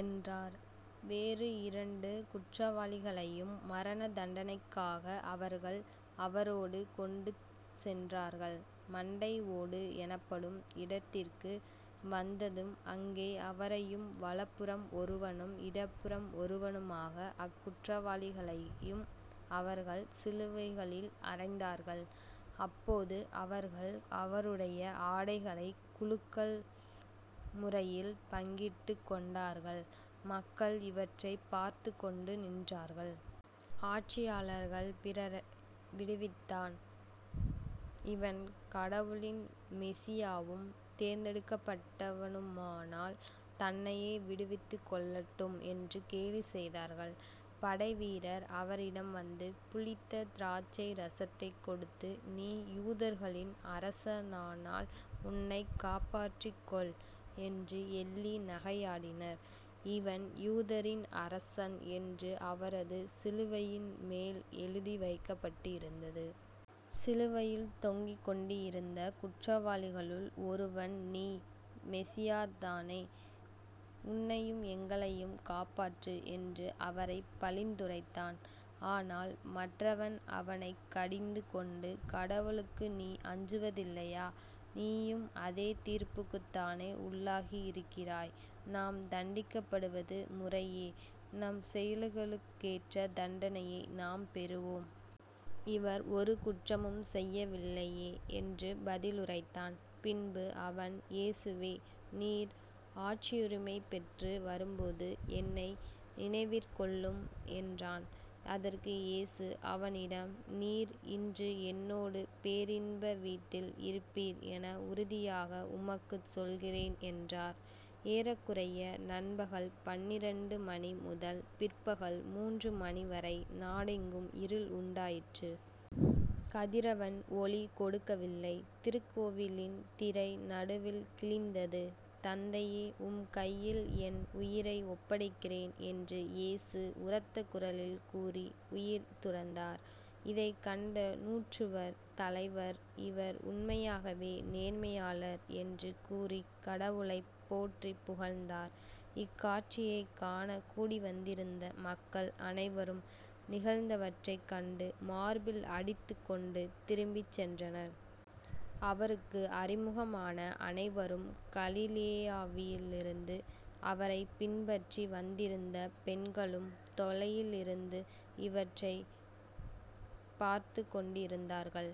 என்றார். வேறு இரண்டு குற்றவாளிகளையும் மரணதண்டனைக்காக அவர்கள் அவரோடு கொண்டுசென்றார்கள். மண்டை ஓடு எனப்படும் இடத்திற்கு வந்ததும் அங்கே அவரையும் வலப்புறம் ஒருவனும் இடப்புறம் ஒருவனுமாக அக்குற்றவாளிகளையும் அவர்கள் சிலுவைகளில் அறைந்தார்கள். அப்போது அவர்கள் அவருடைய ஆடைகளைக் குலுக்கல் முறையில் பங்கிட்டுக் கொண்டார்கள். மக்கள் இவற்றைப் பார்த்துக் கொண்டு நின்றார்கள். ஆட்சியாளர்கள் பிறரை விடுவித்தான் இவன் கடவுளின் மெசியாவும் தேர்ந்தெடுக்கப்பட்டவனுமானால் தன்னையே விடுவித்துக் கொள்ளட்டும் என்று கேலிசெய்தார்கள். படைவீரர் அவரிடம் வந்து புளித்த திராட்சை இரசத்தைக் கொடுத்து நீ யூதர்களின் அரசனானால் உன்னைக் காப்பாற்றிக் கொள் என்று எள்ளி நகையாடினர். இவன் யூதரின் அரசன் என்று அவரது சிலுவையின் மேல் எழுதி வைக்கப்பட்டிருந்தது. சிலுவையில் தொங்கிக்கொண்டிருந்த குற்றவாளிகளுள் ஒருவன் நீ மெசியாதானே உன்னையும் எங்களையும் காப்பாற்று என்று அவரைப் பழித்துரைத்தான். ஆனால் மற்றவன் அவனைக் கடிந்து கொண்டு கடவுளுக்கு நீ அஞ்சுவதில்லையா? நீயும் அதே தீர்ப்புக்குத்தானே உள்ளாகி இருக்கிறாய். நாம் தண்டிக்கப்படுவது முறையே. நம் செயல்களுக்கேற்ற தண்டனையை நாம் பெறுகிறோம். இவர் ஒரு குற்றமும் செய்யவில்லையே என்று பதிலுரைத்தான். பின்பு அவன் இயேசுவே நீர் ஆட்சியுரிமை பெற்று வரும்போது என்னை நினைவிற்கொள்ளும் என்றான். அதற்கு இயேசு அவனிடம் நீர் இன்று என்னோடு பேரின்ப வீட்டில் இருப்பீர் என உறுதியாக உமக்குச் சொல்கிறேன் என்றார். ஏறக்குறைய நண்பகல் பன்னிரண்டு மணி முதல் பிற்பகல் மூன்று மணிவரை நாடெங்கும் இருள் உண்டாயிற்று. கதிரவன் ஒளி கொடுக்கவில்லை. திருக்கோவிலின் திரை நடுவில் கிழிந்தது. தந்தையே உம்கையில் என் உயிரை ஒப்படைக்கிறேன் என்று இயேசு உரத்த குரலில் கூறி உயிர் துறந்தார். இதைக் கண்ட நூற்றுவர் தலைவர் இவர் உண்மையாகவே நேர்மையாளர் என்று கூறிக் கடவுளைப் போற்றிப் புகழ்ந்தார். இக்காட்சியைக் காணக் கூடிவந்திருந்த மக்கள் அனைவரும் நிகழ்ந்தவற்றைக் கண்டு மார்பில் அடித்துக் கொண்டு திரும்பிச் சென்றனர். அவருக்கு அறிமுகமான அனைவரும் கலிலேயாவிலிருந்து அவரைப் பின்பற்றி வந்திருந்த பெண்களும் தொலையிலிருந்து இவற்றைப் பார்த்துக் கொண்டிருந்தார்கள்.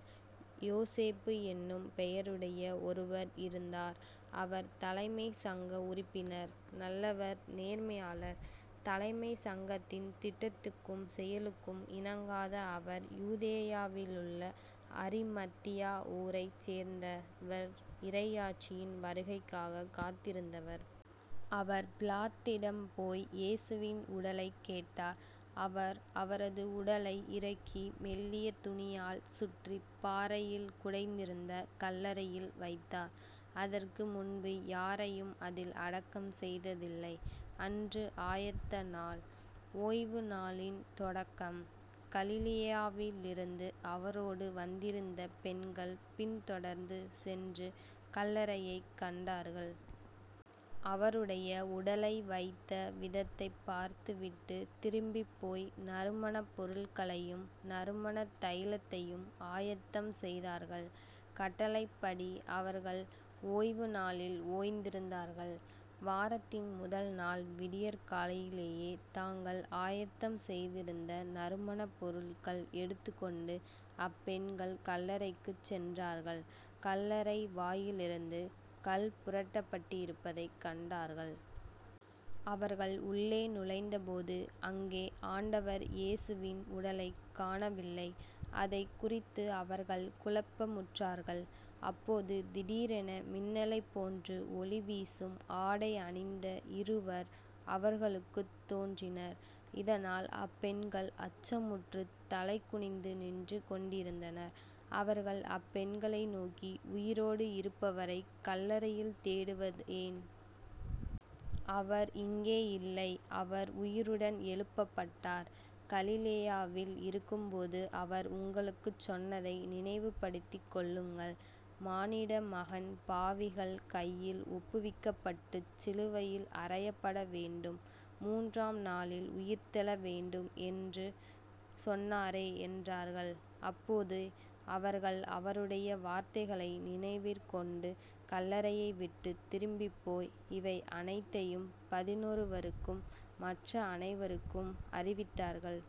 யோசேப்பு என்னும் பெயருடைய ஒருவர் இருந்தார். அவர் தலைமைச் சங்க உறுப்பினர் நல்லவர் நேர்மையாளர். தலைமைச் சங்கத்தின் திட்டத்துக்கும் செயலுக்கும் இணங்காத அவர் யூதேயாவிலுள்ள அரிமத்தியா ஊரைச் சேர்ந்தவர் இறையாட்சியின் வருகைக்காகக் காத்திருந்தவர். அவர் பிலாத்திடம் போய் இயேசுவின் உடலைக் கேட்டார். அவர் அவரது உடலை இறக்கி மெல்லிய துணியால் சுற்றிப் பாறையில் குடைந்திருந்த கல்லறையில் வைத்தார். அதற்கு முன்பு யாரையும் அதில் அடக்கம் செய்ததில்லை. அன்று ஆயத்த நாள். ஓய்வுநாளின் தொடக்கம். கலிலேயாவிலிருந்து அவரோடு வந்திருந்த பெண்கள் பின் தொடர்ந்து சென்று கல்லறையைக் கண்டார்கள். அவருடைய உடலை வைத்த விதத்தைப் பார்த்து விட்டு திரும்பிப் போய் நறுமணப் பொருள்களையும் நறுமணத் தைலத்தையும் ஆயத்தம் செய்தார்கள். கட்டளைப்படி அவர்கள் ஓய்வுநாளில் ஓய்ந்திருந்தார்கள். வாரத்தின் முதல் நாள் விடியற் காலையிலேயே தாங்கள் ஆயத்தம் செய்திருந்த நறுமணப் பொருள்கள் எடுத்துக் கொண்டு அப்பெண்கள் கல்லறைக்குச் சென்றார்கள் கல்லறை வாயிலிருந்து கல்புரட்டப்பட்டிருப்பதைக் கண்டார்கள். அவர்கள் உள்ளே நுழைந்தபோது அங்கே ஆண்டவர் இயேசுவின் உடலைக் காணவில்லை. அதைக் குறித்து அவர்கள் குழப்பமுற்றார்கள். அப்போது திடீரென மின்னலைப் போன்று ஒளிவீசும் ஆடை அணிந்த இருவர் அவர்களுக்குத் தோன்றினர். இதனால் அப்பெண்கள் அச்சமுற்றுத் தலைகுனிந்து நின்று கொண்டிருந்தனர். அவர்கள் அப்பெண்களை நோக்கி உயிரோடு இருப்பவரைக் கல்லறையில் தேடுவதேன்? அவர் இங்கே இல்லை. அவர் உயிருடன் எழுப்பப்பட்டார். கலிலேயாவில் இருக்கும்போது அவர் உங்களுக்குச் சொன்னதை நினைவுப்படுத்திக் கொள்ளுங்கள். மானிடமகன் பாவிகள் கையில் ஒப்புவிக்கப்பட்டுச் சிலுவையில் அறையப்படவேண்டும். மூன்றாம் நாளில் உயிர்த்தெழ வேண்டும் என்று சொன்னாரே என்றார்கள். அப்போது அவர்கள் அவருடைய வார்த்தைகளை நினைவிற்கொண்டு கல்லறையைவிட்டுத் திரும்பிப் போய் இவை அனைத்தையும் பதினொருவருக்கும் மற்ற அனைவருக்கும் அறிவித்தார்கள்.